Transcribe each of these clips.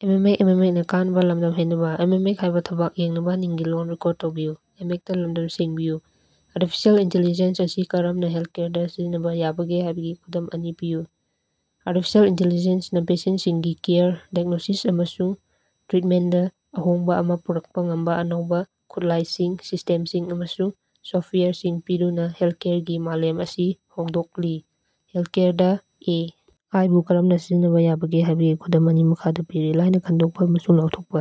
Artificial intelligence ꯑꯁꯤ ꯀꯔꯝꯅꯥ ꯍꯦꯜꯊꯀꯦꯌꯔꯗ ꯁꯤꯖꯤꯟꯅꯕ ꯌꯥꯕꯒꯦ ꯍꯥꯏꯕꯒꯤ ꯈꯨꯗꯝ ꯑꯅꯤ ꯄꯤꯌꯨ꯫ ꯑꯥꯔꯇꯤꯐꯤꯁꯤꯑꯦꯜ ꯏꯟꯇꯦꯂꯤꯖꯦꯟꯁꯅ ꯄꯦꯁꯦꯟꯠꯁꯤꯡꯒꯤ ꯀꯦꯌꯔ, ꯗꯥꯏꯒ꯭ꯅꯣꯁꯤꯁ ꯑꯃꯁꯨꯡ ꯇ꯭ꯔꯤꯠꯃꯦꯟꯠꯗ ꯑꯍꯣꯡꯕ ꯑꯃ ꯄꯨꯔꯛꯄ ꯉꯝꯕ ꯑꯅꯧꯕ ꯈꯨꯠꯂꯥꯏꯁꯤꯡ, ꯁꯤꯁ꯭ꯇꯦꯝꯁꯤꯡ ꯑꯃꯁꯨꯡ ꯁꯣꯐꯋꯦꯌꯔꯁꯤꯡ ꯄꯤꯗꯨꯅ ꯍꯦꯜꯊꯀꯦꯌꯔꯒꯤ ꯃꯥꯂꯦꯝ ꯑꯁꯤ ꯍꯣꯡꯗꯣꯛꯂꯤ꯫ ꯍꯦꯜꯊꯀꯦꯌꯔꯗ ꯑꯦ. ꯑꯥꯏ. ꯕꯨ ꯀꯔꯝꯅ ꯁꯤꯖꯤꯟꯅꯕ ꯌꯥꯕꯒꯦ ꯍꯥꯏꯕꯒꯤ ꯈꯨꯗꯝ ꯑꯅꯤ ꯃꯈꯥꯗꯥ ꯄꯤꯔꯤ: ꯂꯥꯏꯅꯥ ꯈꯪꯗꯣꯛꯄ ꯑꯃꯁꯨꯡ ꯂꯥꯎꯊꯣꯛꯄ: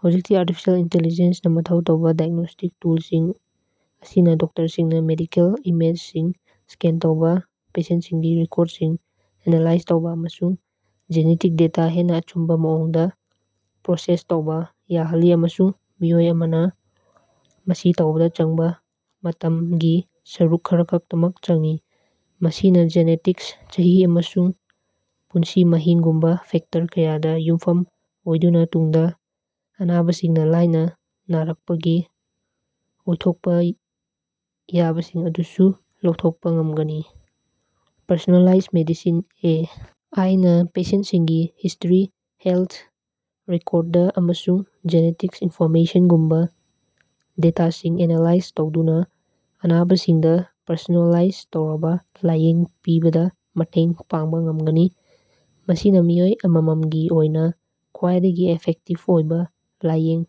ꯍꯧꯖꯤꯛꯇꯤ ꯑꯥꯔꯇꯤꯐꯤꯁꯤꯑꯦꯜ ꯏꯟꯇꯦꯂꯤꯖꯦꯟꯁꯅ ꯃꯊꯧ ꯇꯧꯕ ꯗꯥꯏꯒ꯭ꯅꯣꯁ꯭ꯇꯤꯛ ꯇꯨꯜꯁꯤꯡ ꯑꯁꯤꯅ ꯗꯣꯛꯇꯔꯁꯤꯡꯅ ꯃꯦꯗꯤꯀꯦꯜ ꯏꯃꯦꯖꯁꯤꯡ ꯁ꯭ꯀꯦꯟ ꯇꯧꯕ, ꯄꯦꯁꯦꯟꯠꯁꯤꯡꯒꯤ ꯔꯦꯀꯣꯔꯗꯁꯤꯡ ꯑꯦꯅꯥꯂꯥꯏꯖ ꯇꯧꯕ ꯑꯃꯁꯨꯡ ꯖꯦꯅꯦꯇꯤꯛ ꯗꯦꯇꯥ ꯍꯦꯟꯅ ꯑꯆꯨꯝꯕ ꯃꯑꯣꯡꯗ ꯄ꯭ꯔꯣꯁꯦꯁ ꯇꯧꯕ ꯌꯥꯍꯜꯂꯤ ꯑꯃꯁꯨꯡ ꯃꯤꯑꯣꯏ ꯑꯃꯅ ꯃꯁꯤ ꯇꯧꯕꯗ ꯆꯪꯕꯥ ꯃꯇꯝꯒꯤ ꯁꯔꯨꯛ ꯈꯔꯈꯛꯇꯃꯛ ꯆꯪꯏ꯫ ꯃꯁꯤꯅ ꯖꯦꯅꯦꯇꯤꯛꯁ, ꯆꯍꯤ, ꯑꯃꯁꯨꯡ ꯄꯨꯟꯁꯤ ꯃꯍꯤꯡꯒꯨꯝꯕ ꯐꯦꯛꯇꯔ ꯀꯌꯥꯗ ꯌꯨꯝꯐꯝ ꯑꯣꯏꯗꯨꯅ ꯇꯨꯡꯗ ꯑꯅꯥꯕꯁꯤꯡꯅ ꯂꯥꯏꯅꯥ ꯅꯥꯔꯛꯄꯒꯤ ꯑꯣꯏꯊꯣꯛꯄ ꯌꯥꯕꯁꯤꯡ ꯑꯗꯨꯁꯨ ꯂꯥꯎꯊꯣꯛꯄ ꯉꯝꯒꯅꯤ꯫ Personalise medicine: A. ꯑꯥꯏ. ꯅ ꯄꯦꯁꯦꯟꯠꯁꯤꯡꯒꯤ ꯍꯤꯁ꯭ꯇꯔꯤ, ꯍꯦꯜꯊ ꯔꯦꯀꯣꯔꯗ, ꯑꯃꯁꯨꯡ ꯖꯦꯅꯦꯇꯤꯛ ꯏꯅꯐꯣꯔꯃꯦꯁꯉꯨꯝꯕ ꯗꯦꯇꯥꯁꯤꯡ ꯑꯦꯅꯥꯂꯥꯏꯖ ꯇꯧꯗꯨꯅ ꯑꯅꯥꯕꯁꯤꯡꯗ ꯄꯔꯁꯣꯅꯦꯂꯥꯏꯖ ꯇꯧꯔꯕ ꯂꯥꯌꯦꯡ ꯄꯤꯕꯗ ꯃꯇꯦꯡ ꯄꯥꯡꯕ ꯉꯝꯒꯅꯤ꯫ ꯃꯁꯤꯅ ꯃꯤꯑꯣꯏ ꯑꯃꯃꯝꯒꯤ ꯑꯣꯏꯅ ꯈ꯭ꯋꯥꯏꯗꯒꯤ ꯏꯐꯦꯛꯇꯤꯚ ꯑꯣꯏꯕ ꯂꯥꯏꯌꯦꯡ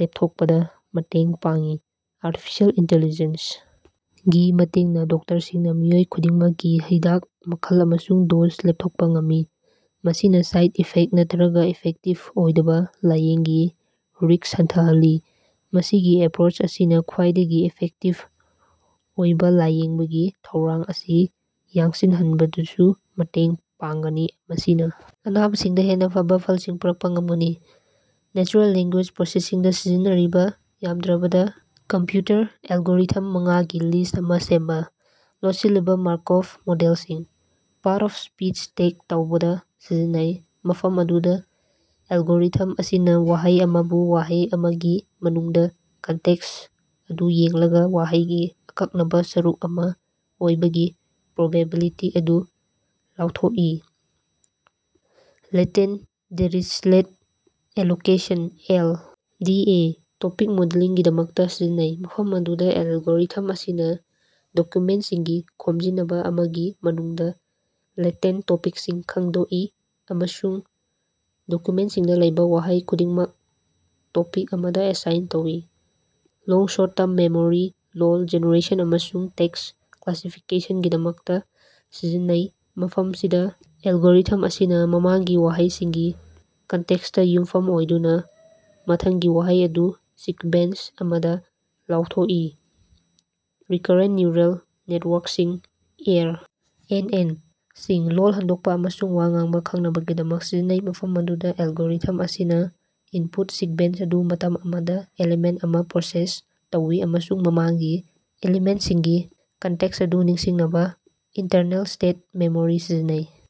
ꯂꯦꯞꯊꯣꯛꯄꯗ ꯃꯇꯦꯡ ꯄꯥꯡꯏ꯫ ꯑꯥꯔꯇꯤꯐꯤꯁꯤꯑꯦꯜ ꯏꯟꯇꯦꯂꯤꯖꯦꯟꯁ ꯒꯤ ꯃꯇꯦꯡꯅ ꯗꯣꯛꯇꯔꯁꯤꯡꯅ ꯃꯤꯑꯣꯏ ꯈꯨꯗꯤꯡꯃꯛꯀꯤ ꯍꯤꯗꯥꯛ ꯃꯈꯜ ꯑꯃꯁꯨꯡ ꯗꯣꯖ ꯂꯦꯄꯊꯣꯛꯄ ꯉꯝꯃꯤ, ꯃꯁꯤꯅ ꯁꯥꯏꯗ ꯏꯐꯦꯛ ꯅꯠꯇꯔꯒ ꯏꯐꯦꯛꯇꯤꯕ ꯑꯣꯏꯗꯕ ꯂꯥꯏꯌꯦꯡꯒꯤ ꯔꯤꯁ꯭ꯛ ꯍꯟꯊꯍꯜꯂꯤ꯫ ꯃꯁꯤꯒꯤ ꯑꯦꯄ꯭ꯔꯣꯆ ꯑꯁꯤꯅꯥ ꯈ꯭ꯋꯥꯏꯗꯒꯤ ꯏꯐꯦꯛꯇꯤꯕ ꯑꯣꯏꯕꯥ ꯂꯥꯏꯌꯦꯡꯕꯒꯤ ꯊꯧꯔꯥꯡ ꯑꯁꯤ ꯌꯥꯡꯁꯤꯟꯍꯟꯕꯗꯁꯨ ꯃꯇꯦꯡ ꯄꯥꯡꯒꯅꯤ, ꯃꯁꯤꯅ ꯑꯅꯥꯕꯁꯤꯡꯗ ꯍꯦꯟꯅ ꯐꯕ ꯐꯜꯁꯤꯡ ꯄꯨꯔꯛꯄ ꯉꯝꯒꯅꯤ꯫ ꯅꯦꯆꯔꯦꯜ ꯂꯦꯡꯒꯨꯌꯦꯖ ꯄ꯭ꯔꯣꯁꯦꯁꯤꯡꯗ ꯁꯤꯖꯤꯟꯅꯔꯤꯕ ꯌꯥꯝꯗ꯭ꯔꯕꯗ ꯀꯝꯞꯌꯨꯇꯔ ꯑꯦꯂꯒꯣꯔꯤꯊꯝ ꯃꯉꯥꯒꯤ ꯂꯤꯁ꯭ꯠ ꯑꯃ ꯁꯦꯝꯕ꯫ ꯂꯣꯠꯁꯤꯜꯂꯕ ꯃꯥꯔꯀꯣꯚ ꯃꯣꯗꯦꯂꯁꯤꯡ: ꯄꯥꯔꯠ-ꯑꯣꯐ-ꯁ꯭ꯄꯤꯆ ꯇꯦꯒ ꯇꯧꯕꯗꯥ ꯁꯤꯖꯤꯟꯅꯩ, ꯃꯐꯝ ꯑꯗꯨꯗ ꯑꯦꯂꯒꯣꯔꯤꯊꯝ ꯑꯁꯤꯅ ꯋꯥꯍꯩ ꯑꯃꯕꯨ ꯋꯥꯍꯩ ꯑꯃꯒꯤ ꯃꯅꯨꯡꯗ ꯀꯟꯇꯦꯛꯁ ꯑꯗꯨ ꯌꯦꯡꯂꯒ ꯋꯥꯍꯩꯒꯤ ꯑꯀꯛꯅꯕ ꯁꯔꯨꯛ ꯑꯃ ꯑꯣꯏꯕꯒꯤ ꯄ꯭ꯔꯣꯕꯦꯕꯤꯂꯤꯇꯤ ꯑꯗꯨ ꯂꯥꯎꯊꯣꯛꯏ꯫ Latent Dirichlet allocation (L. D. A.) Topic ꯃꯣꯗꯦꯂꯤꯡꯒꯤꯗꯃꯛꯇ ꯁꯤꯖꯤꯟꯅꯩ, ꯃꯐꯝ ꯑꯗꯨꯗ ꯑꯦꯂꯒꯣꯔꯤꯊꯝ ꯑꯁꯤꯅ ꯗꯣꯀꯨꯃꯦꯟꯇꯁꯤꯡꯒꯤ ꯈꯣꯃꯖꯤꯅꯕ ꯑꯃꯒꯤ ꯃꯅꯨꯡꯗ ꯂꯦꯇꯦꯟꯠ ꯇꯣꯄꯤꯛꯁꯤꯡ ꯈꯪꯗꯣꯛꯏ ꯑꯃꯁꯨꯡ ꯗꯣꯀꯨꯃꯦꯟꯠꯁꯤꯡꯗ ꯂꯩꯕ ꯋꯥꯍꯩ ꯈꯨꯗꯤꯡꯃꯛ ꯇꯣꯄꯤꯛ ꯑꯃꯗ ꯑꯦꯁꯥꯏꯟ ꯇꯧꯏ꯫ ꯂꯣꯡ ꯁꯣꯔꯠ-ꯇꯔꯝ ꯃꯦꯃꯣꯔꯤ: ꯂꯣꯜ ꯖꯦꯅꯦꯔꯦꯁꯟ ꯑꯃꯁꯨꯡ ꯇꯦꯛꯁ ꯀ꯭ꯂꯥꯁꯤꯐꯤꯀꯦꯁꯒꯤꯗꯃꯛꯇ ꯁꯤꯖꯤꯟꯅꯩ, ꯃꯐꯝꯁꯤꯗ ꯑꯦꯂꯒꯣꯔꯤꯊꯝ ꯑꯁꯤꯅ ꯃꯃꯥꯡꯒꯤ ꯋꯥꯍꯩꯁꯤꯡꯒꯤ ꯀꯟꯇꯦꯛꯁꯇ ꯌꯨꯝꯐꯝ ꯑꯣꯏꯗꯨꯅ ꯃꯊꯪꯒꯤ ꯋꯥꯍꯩ ꯑꯗꯨ ꯁꯤꯛꯕꯦꯟꯁ ꯑꯃꯗ ꯂꯥꯎꯊꯣꯛꯏ꯫ ꯔꯤꯀꯔꯦꯟꯠ ꯅ꯭ꯌꯨꯔꯜ ꯅꯦꯇꯋꯥꯔꯛꯁꯤꯡ (ꯑꯥꯔ. ꯑꯦꯟ. ꯑꯦꯟ.) ꯁꯤꯡ: ꯂꯣꯜ ꯍꯟꯗꯣꯛꯄ ꯑꯃꯁꯨꯡ ꯋꯥ ꯉꯥꯡꯕ ꯈꯪꯅꯕꯒꯤꯗꯃꯛ ꯁꯤꯖꯤꯟꯅꯩ, ꯃꯐꯝ ꯑꯗꯨꯗ ꯑꯦꯂꯒꯣꯔꯤꯊꯝ ꯑꯁꯤꯅ ꯏꯅꯄꯨꯠ ꯁꯤꯛꯕꯦꯟꯁ ꯑꯗꯨ ꯃꯇꯝ ꯑꯃꯗ ꯑꯦꯂꯤꯃꯦꯟꯠ ꯑꯃ ꯄ꯭ꯔꯣꯁꯦꯁ ꯇꯧꯏ ꯑꯃꯁꯨꯡ ꯃꯃꯥꯡꯒꯤ ꯑꯦꯂꯤꯃꯦꯟꯇꯁꯤꯡꯒꯤ ꯀꯟꯇꯦꯛꯁ ꯑꯗꯨ ꯅꯤꯡꯁꯤꯡꯅꯕ ꯏꯟꯇꯔꯅꯦꯜ ꯁ꯭ꯇꯦꯠ ꯃꯦꯃꯣꯔꯤ ꯁꯤꯖꯤꯟꯅꯩ꯫